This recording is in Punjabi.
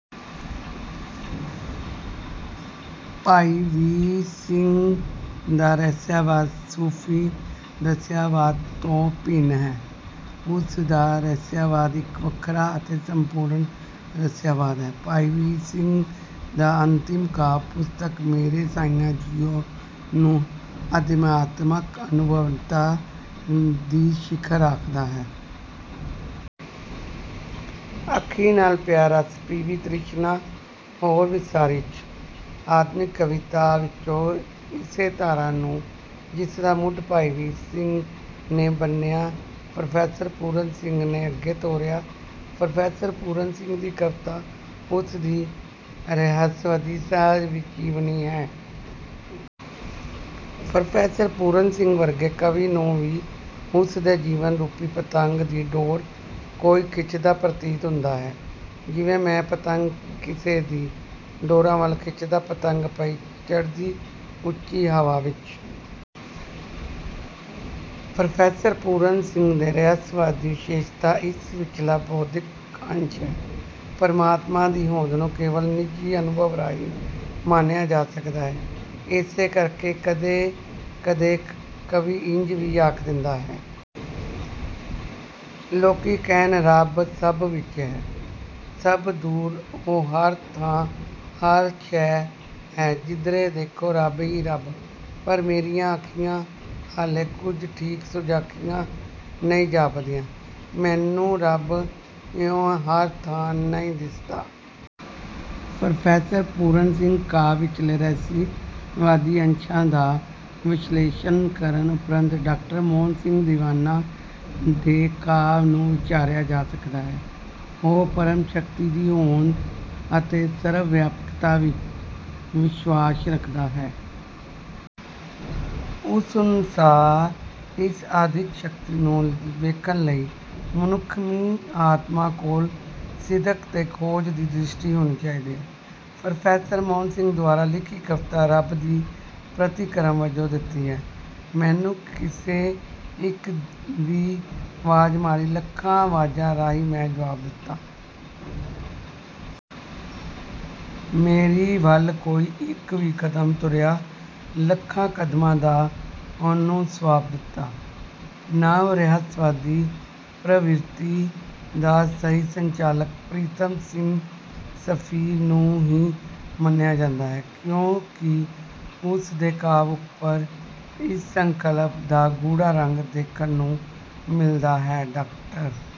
ਭਾਈ ਵੀਰ ਸਿੰਘ ਦਾ ਰਹੱਸਵਾਦ ਸੂਫੀ ਰਹੱਸਵਾਦ ਤੋਂ ਭਿੰਨ ਹੈ ਉਸ ਦਾ ਰਹੱਸਵਾਦ ਇੱਕ ਵੱਖਰਾ ਅਤੇ ਸੰਪੂਰਨ ਰਹੱਸਵਾਦ ਹੈ। ਭਾਈ ਵੀਰ ਸਿੰਘ ਦੀ ਅੰਤਿਮ ਕਾਵਿ ਪੁਸਤਕ ਮੇਰੇ ਸਾਈਆਂ ਜੀਓ ਨੂੰ ਅਧਿਆਤਮਕ ਅਨੁਭਵਤਾ ਦੀ ਸਿਖਰ ਆਖਦਾ ਹੈ। ਅੱਖੀਂ ਨਾਲ ਪਿਆ ਰਸ ਪੀਵੀਂ ਤ੍ਰਿਸ਼ਨਾ ਹੋਰ ਵਿਸਾਰੀ ਚਾ। ਆਧੁਨਿਕ ਕਵਿਤਾ ਵਿੱਚ ਇਸੇ ਧਾਰਾ ਨੂੰ ਜਿਸਦਾ ਮੁੱਢ ਭਾਈ ਵੀਰ ਸਿੰਘ ਨੇ ਬੰਨ੍ਹਿਆ ਪ੍ਰੋਫੈਸਰ ਪੂਰਨ ਸਿੰਘ ਨੇ ਅੱਗੇ ਤੋਰਿਆ। ਪ੍ਰੋਫੈਸਰ ਪੂਰਨ ਸਿੰਘ ਦੀ ਕਵਿਤਾ ਉਸ ਦੀ ਰਹੱਸਵਾਦੀ ਸਵੈਜੀਵਨੀ ਹੈ। ਪ੍ਰੋਫੈਸਰ ਪੂਰਨ ਸਿੰਘ ਵਰਗੇ ਕਵੀ ਨੂੰ ਵੀ ਉਸ ਦੇ ਜੀਵਨ ਰੂਪੀ ਪਤੰਗ ਦੀ ਡੋਰ ਕੋਈ ਖਿੱਚਦਾ ਪ੍ਰਤੀਤ ਹੁੰਦਾ ਹੈ ਜਿਵੇਂ। ਮੈਂ ਪਤੰਗ ਕਿਸੇ ਦੀ ਡੋਰਾਂ ਵਾਲਾ ਖਿੱਚਦਾ ਪਤੰਗ ਪਈ ਚੜ੍ਹਦੀ ਉਚੀ ਹਵਾ ਵਿਚ। ਪ੍ਰੋਫੈਸਰ ਪੂਰਨ ਸਿੰਘ ਦੇ ਰਹੱਸਵਾਦ ਦੀ ਵਿਸ਼ੇਸ਼ਤਾ ਇਸ ਵਿਚਲਾ ਬੌਧਿਕ ਅੰਸ਼ ਹੈ। ਪ੍ਰਮਾਤਮਾ ਦੀ ਹੋਂਦ ਨੂੰ ਕੇਵਲ ਨਿੱਜੀ ਅਨੁਭਵ ਰਾਹੀਂ ਮਾਣਿਆ ਜਾ ਸਕਦਾ ਹੈ। ਇਸੇ ਕਰ ਕੇ ਕਦੇ ਕਦੇ ਕਵੀ ਇੰਝ ਵੀ ਆਖ ਦਿੰਦਾ ਹੈ। ਲੋਕੀ ਕਹਿਣ ਰੱਬ ਸਭ ਵਿੱਚ ਹੈ ਸਭ ਦੂਰ ਉਹੋ ਹਰ ਥਾਂ ਹਰ ਸ਼ੈ ਹੈ ਜਿਧਰ ਦੇਖੋ ਰੱਬ ਹੀ ਰੱਬ ਪਰ ਮੇਰੀਆਂ ਅੱਖੀਆਂ ਹਾਲੇ ਕੁਝ ਠੀਕ ਸੁਜਾਖੀਆਂ ਨਹੀਂ ਜਾਪਦੀਆਂ। ਮੈਨੂੰ ਰੱਬ ਇਉਂ ਹਰ ਥਾਂ ਨਹੀਂ ਦਿਸਦਾ। ਪ੍ਰੋਫੈਸਰ ਪੂਰਨ ਸਿੰਘ ਕਾਵਿ ਵਿਚਲੇ ਰਹੱਸਵਾਦੀ ਅੰਸ਼ਾਂ ਦਾ ਵਿਸ਼ਲੇਸ਼ਣ ਕਰਨ ਉਪਰੰਤ ਡਾਕਟਰ ਮੋਹਨ ਸਿੰਘ ਦੀਵਾਨਾ ਦੇ ਕਾਵਿ ਨੂੰ ਵਿਚਾਰਿਆ ਜਾ ਸਕਦਾ ਹੈ। ਉਹ ਪਰਮ ਸ਼ਕਤੀ ਦੀ ਹੋਂਦ ਅਤੇ ਸਰਵਵਿਆਪਕਤਾ ਵਿੱਚ ਵਿਸ਼ਵਾਸ ਰੱਖਦਾ ਹੈ। ਉਸ ਅਨੁਸਾਰ ਇਸ ਅਦਿੱਖ ਸ਼ਕਤੀ ਨੂੰ ਵੇਖਣ ਲਈ ਮਨੁੱਖੀ ਆਤਮਾ ਕੋਲ ਸਿਦਕ ਤੇ ਖੋਜ ਦੀ ਦ੍ਰਿਸ਼ਟੀ ਹੋਣੀ ਚਾਹੀਦੀ ਹੈ। ਪ੍ਰੋਫੈਸਰ ਮੋਹਨ ਸਿੰਘ ਦੁਆਰਾ ਲਿਖੀ ਕਵਿਤਾ ਰੱਬ ਦੇ ਪ੍ਰਤੀਕ੍ਰਮ ਵਜੋਂ ਦਿੱਤੀ ਹੈ। ਮੈਨੂੰ ਕਿਸੇ ਇੱਕ ਵੀ ਵਾਜ ਮਾਰੀ ਲੱਖਾਂ ਵਾਜਾਂ ਰਾਹੀਂ ਮੈਂ ਜਵਾਬ ਦਿੱਤਾ। ਮੇਰੀ ਵੱਲ ਕੋਈ ਇੱਕ ਵੀ ਕਦਮ ਤੁਰਿਆ ਲੱਖਾਂ ਕਦਮਾਂ ਦਾ ਉਹਨੂੰ ਸਵਾਬ ਦਿੱਤਾ। ਨਵ ਰਹੱਸਵਾਦੀ ਪ੍ਰਵਿਰਤੀ ਦਾ ਸਹੀ ਸੰਚਾਲਕ ਪ੍ਰੀਤਮ ਸਿੰਘ ਸਫੀਰ ਨੂੰ ਹੀ ਮੰਨਿਆ ਜਾਂਦਾ ਹੈ। ਕਿਉਂਕਿ ਉਸ ਦੇ ਕਾਵਿ ਉੱਪਰ ਇਸ ਸੰਕਲਪ ਦਾ ਗੂੜਾ ਰੰਗ ਦੇਖਣ ਨੂੰ ਮਿਲਦਾ ਹੈ। ਡਾਕਟਰ